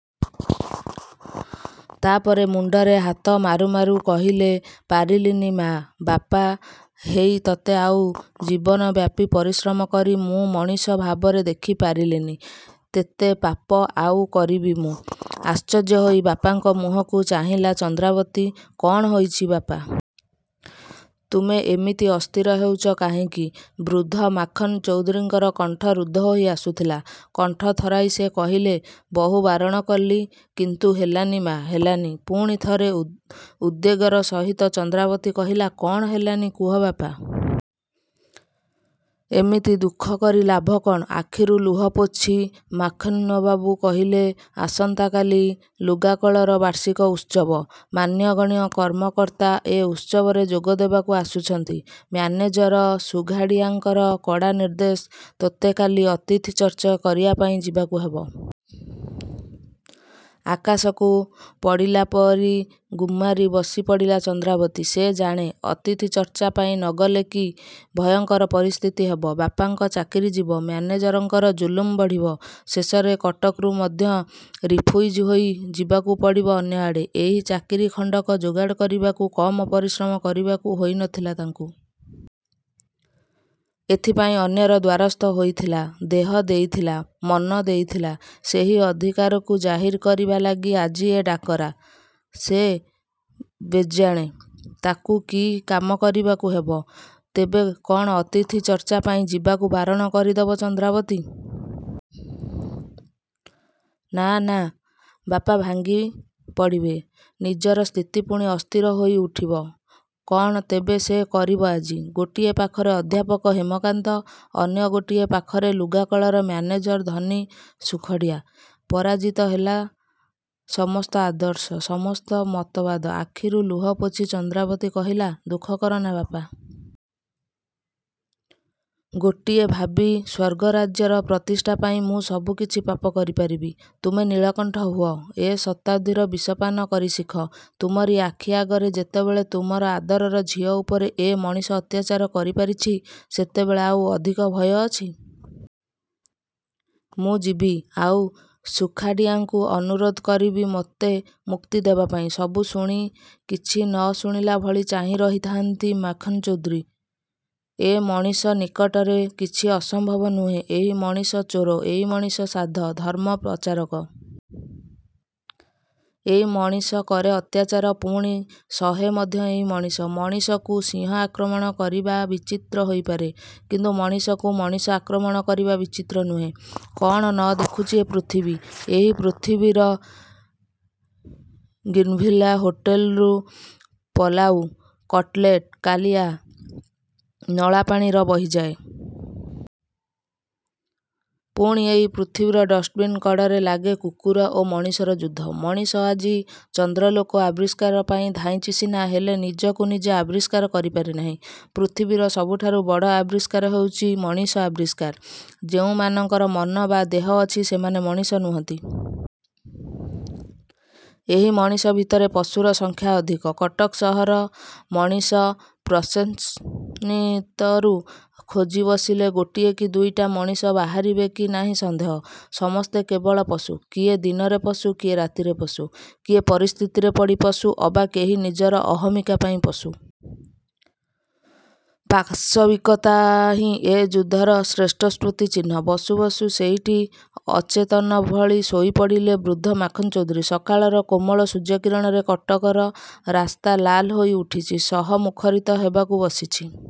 ତା'ପରେ ମୁଣ୍ଡରେ ହାତ ମାରୁ ମାରୁ କହିଲେ—''ପାରିଲିନି ମା! ବାପା ହେଇ ତତେ ଆଉ ଜୀବନବ୍ୟାପୀ ପରିଶ୍ରମ କରି ମୁଁ ମଣିଷ ଭାବରେ ଦେଖି ପାରିଲି ନି। ତେତେ ପାପ ଆଉ କରିବି ମୁଁ?" ଆଶ୍ଚର୍ଯ୍ୟ ହୋଇ ବାପାଙ୍କ ମୁହଁକୁ ଚାହିଁଲା ଚନ୍ଦ୍ରାବତୀ—''କ'ଣ ହୋଇଛି ବାପା?" ତୁମେ ଏମିତି ଅସ୍ଥିର ହେଉଛ କାହିଁକି? ବୃଦ୍ଧ ମାଖନ୍ ଚୌଧୁରୀଙ୍କର କଣ୍ଠ ରୁଦ୍ଧ ହୋଇ ଆସୁଥିଲା। କଣ୍ଠ ଥରାଇ ସେ କହିଲେ—''ବହୁ ବାରଣ କଲି କିନ୍ତୁ ହେଲାନି ମା ହେଲାନି। ପୁଣି ଥରେ ଉଦ୍ବେଗର ସହିତ ଚନ୍ଦ୍ରାବତୀ କହିଲେ, କ'ଣ ହେଲାନି କୁହ ବାପା? ଏମିତି ଦୁଃଖ କରି ଲାଭ କ'ଣ? '' ଆଖିରୁ ଲୁହ ପୋଛି ମାଖନବାବୁ କହିଲେ, ଆସନ୍ତା କାଲି ଲୁଗାକଳର ବାର୍ଷିକ ଉତ୍ସବ। ମାନ୍ୟଗଣ୍ୟ କର୍ମକର୍ତ୍ତା ଏ ଉତ୍ସବରେ ଯୋଗ ଦେବାକୁ ଆସୁଛନ୍ତି। ମ୍ୟାନେଜର ସୁଘାଡ଼ିଆଙ୍କର କଡ଼ା ନିର୍ଦ୍ଦେଶ, ତୋତେ କାଲି ଅତିଥି ଚର୍ଚ୍ଚା କରିବାପାଇଁ ଯିବାକୁ ହେବ। ଆକାଶକୁ ପଡ଼ିଲା ପରି ଗୁମ୍ ମାରି ବସିପଡ଼ିଲା ଚନ୍ଦ୍ରାବତୀ। ସେ ଜାଣେ, ଅତିଥି ଚର୍ଚ୍ଚା ପାଇଁ ନ ଗଲେ କି ଭୟଙ୍କର ପରିସ୍ଥିତି ହେବ। ବାପାଙ୍କ ଚାକିରି ଯିବ। ମ୍ୟାନେଜରଙ୍କର ଜୁଲମ୍ ବଢ଼ିବ। ଶେଷରେ କଟକରୁ ମଧ୍ୟ ରିଫୁଇଜି ହୋଇ ଯିବାକୁ ପଡ଼ିବ ଅନ୍ୟଆଡ଼େ! ଏଇ ଚାକିରୀ ଖଣ୍ଡକ ଯୋଗାଡ଼ କରିବାକୁ କମ୍ ପରିଶ୍ରମ କରିବାକୁ ହୋଇ ନ ଥିଲା ତାଙ୍କୁ। ଏଥିପାଇଁ ଅନ୍ୟର ଦ୍ୱାରସ୍ଥ ହୋଇଥିଲା। ଦେହ ଦେଇଥିଲା। ମନ ଦେଇଥିଲା। ସେହି ଅଧିକାରକୁ ଜାହିର କରିବା ଲାଗି ଆଜି ଏ ଡାକରା। ସେ ବେଜାଣେ ତାକୁ କି କାମ କରିବାକୁ ହେବ। ତେବେ କ'ଣ ଅତିଥି ଚର୍ଚ୍ଚା ପାଇଁ ଯିବାକୁ ବାରଣ କରି ଦେବ ଚନ୍ଦ୍ରାବତୀ? ନାଁ ନାଁ ବାପା ଭାଙ୍ଗି ପଡ଼ିବେ। ନିଜର ସ୍ଥିତି ପୁଣି ଅସ୍ଥିର ହୋଇ ଉଠିବ। କ'ଣ ତେବେ ସେ କରିବ ଆଜି। ଗୋଟିଏ ପାଖର ଅଧ୍ୟାପକ ହେମକାନ୍ତ—ଅନ୍ୟ ଗୋଟିଏ ପାଖରେ ଲୁଗାକଳର ମ୍ୟାନେଜର ଧନୀ ସୁଖଡ଼ିଆ। ପରାଜିତ ହେଲା ସମସ୍ତ ଆଦର୍ଶ ସମସ୍ତ ମତବାଦ। ଆଖିରୁ ଲୁହ ପୋଛି ଚନ୍ଦ୍ରାବତୀ କହିଲା—ଦୁଃଖ କରନା ବାପା। ଗୋଟିଏ ଭାବୀ ସ୍ୱର୍ଗରାଜ୍ୟର ପ୍ରତିଷ୍ଠାପାଇଁ ମୁଁ ସବୁ କିଛି ପାପ କରିପାରିବି। ତୁମେ ନୀଳକଣ୍ଠ ହୁଅ, ଏ ଶତାବ୍ଦୀର ବିଷ ପାନ କରି ଶିଖ। ତୁମରି ଆଖି ଆଗରେ ଯେତେବେଳେ ତୁମର ଆଦରର ଝିଅ ଉପରେ ଏ ମଣିଷ ଅତ୍ୟାଚାର କରିପାରିଛି—ସେତେବେଳେ ଆଉ ଅଧିକି ଭୟ ଅଛି? ମୁଁ ଯିବି ଆଉ ସୁଖାଡ଼ିଆଙ୍କୁ ଅନୁରୋଧ କରିବି ମୋତେ ମୁକ୍ତି ଦେବାପାଇଁ। ସବୁ ଶୁଣି କିଛି ନ ଶୁଣିଲା ଭଳି ଚାହିଁ ରହିଥାଆନ୍ତି ମାଖନ୍ ଚୌଧୁରୀ। ଏ ମଣିଷ ନିକଟରେ କିଛି ଅସମ୍ଭବ ନୁହେଁ। ଏଇ ମଣିଷ ଚୋର, ଏଇ ମଣିଷ ସାଧ, ଧର୍ମ ପ୍ରଚାରକ। ଏଇ ମଣିଷ କରେ ଅତ୍ୟାଚାର—ପୁଣି ସହେ ମଧ୍ୟ ଏଇ ମଣିଷ। ମଣିଷକୁ ସିଂହ ଆକ୍ରମଣ କରିବା ବିଚିତ୍ର ହୋଇପାରେ—କିନ୍ତୁ ମଣିଷକୁ ମଣିଷ ଆକ୍ରମଣ କରିବା ବିଚିତ୍ର ନୁହେଁ। କ'ଣ ନ ଦେଖୁଛି ଏ ପୃଥିବୀ? ଏଇ ପୃଥିବୀର ଗ୍ରୀନଭିଲ୍ଲା ହୋଟେଲରୁ ପଲାଉ, କଟଲେଟ୍, କାଲିଆ, ନଳାପାଣିର ବହିଯାଏ। ପୁଣି ଏଇ ପୃଥିବୀର ଡଷ୍ଟବିନ୍ କଡ଼ରେ ଲାଗେ କୁକୁର ଓ ମଣିଷର ଯୁଦ୍ଧ। ମଣିଷ ଆଜି ଚନ୍ଦ୍ରଲୋକ ଆବିଷ୍କାର ପାଇଁ ଧାଇଁଛି ସିନା ହେଲେ ନିଜକୁ ନିଜେ ଆବିଷ୍କାର କରି ପାରିନାହିଁ। ପୃଥିବୀର ସବୁଠାରୁ ବଡ଼ ଆବିଷ୍କାର ହେଉଛି ମଣିଷ ଆବିଷ୍କାର। ଯେଉଁମାନଙ୍କର ମନ ବା ଦେହ ଅଛି ସେମାନେ ମଣିଷ ନୁହଁନ୍ତି। ଏ ମଣିଷ ଭିତରେ ପଶୁର ସଂଖ୍ୟା ଅଧିକ। କଟକ ସହରର ମଣିଷ ପ୍ରସେସନ୍ଭିତରୁ ଖୋଜି ବସିଲେ ଗୋଟିଏ କି ଦୁଇଟା ମଣିଷ ବାହାରିବେ କି ନାହିଁ ସନ୍ଦେହ। ସମସ୍ତେ କେବଳ ପଶୁ। କିଏ ଦିନରେ ପଶୁ, କିଏ ରାତିରେ ପଶୁ, କିଏ ପରିସ୍ଥିତିରେ ପଡ଼ି ପଶୁ, ଅବା କେହି ନିଜର ଅହମିକା ପାଇଁ ପଶୁ। ପାଶବିକତା ହିଁ ଏ ଯୁଗର ଶ୍ରେଷ୍ଠସ୍ମୃତି ଚିହ୍ନ। ବସୁ ବସୁ ସେଇଠି ଅଚେତନ ଭଳି ଶୋଇପଡ଼ିଲେ ବୃଦ୍ଧ ମାଖନ୍ ଚୌଧୁରୀ। ସକାଳର କୋମଳ ସୂର୍ଯ୍ୟକିରଣରେ କଟକର ରାସ୍ତା ଲାଲ ହୋଇ ଉଠିଛି। ସହ ମୁଖରିତ ହେବାକୁ ବସିଛି।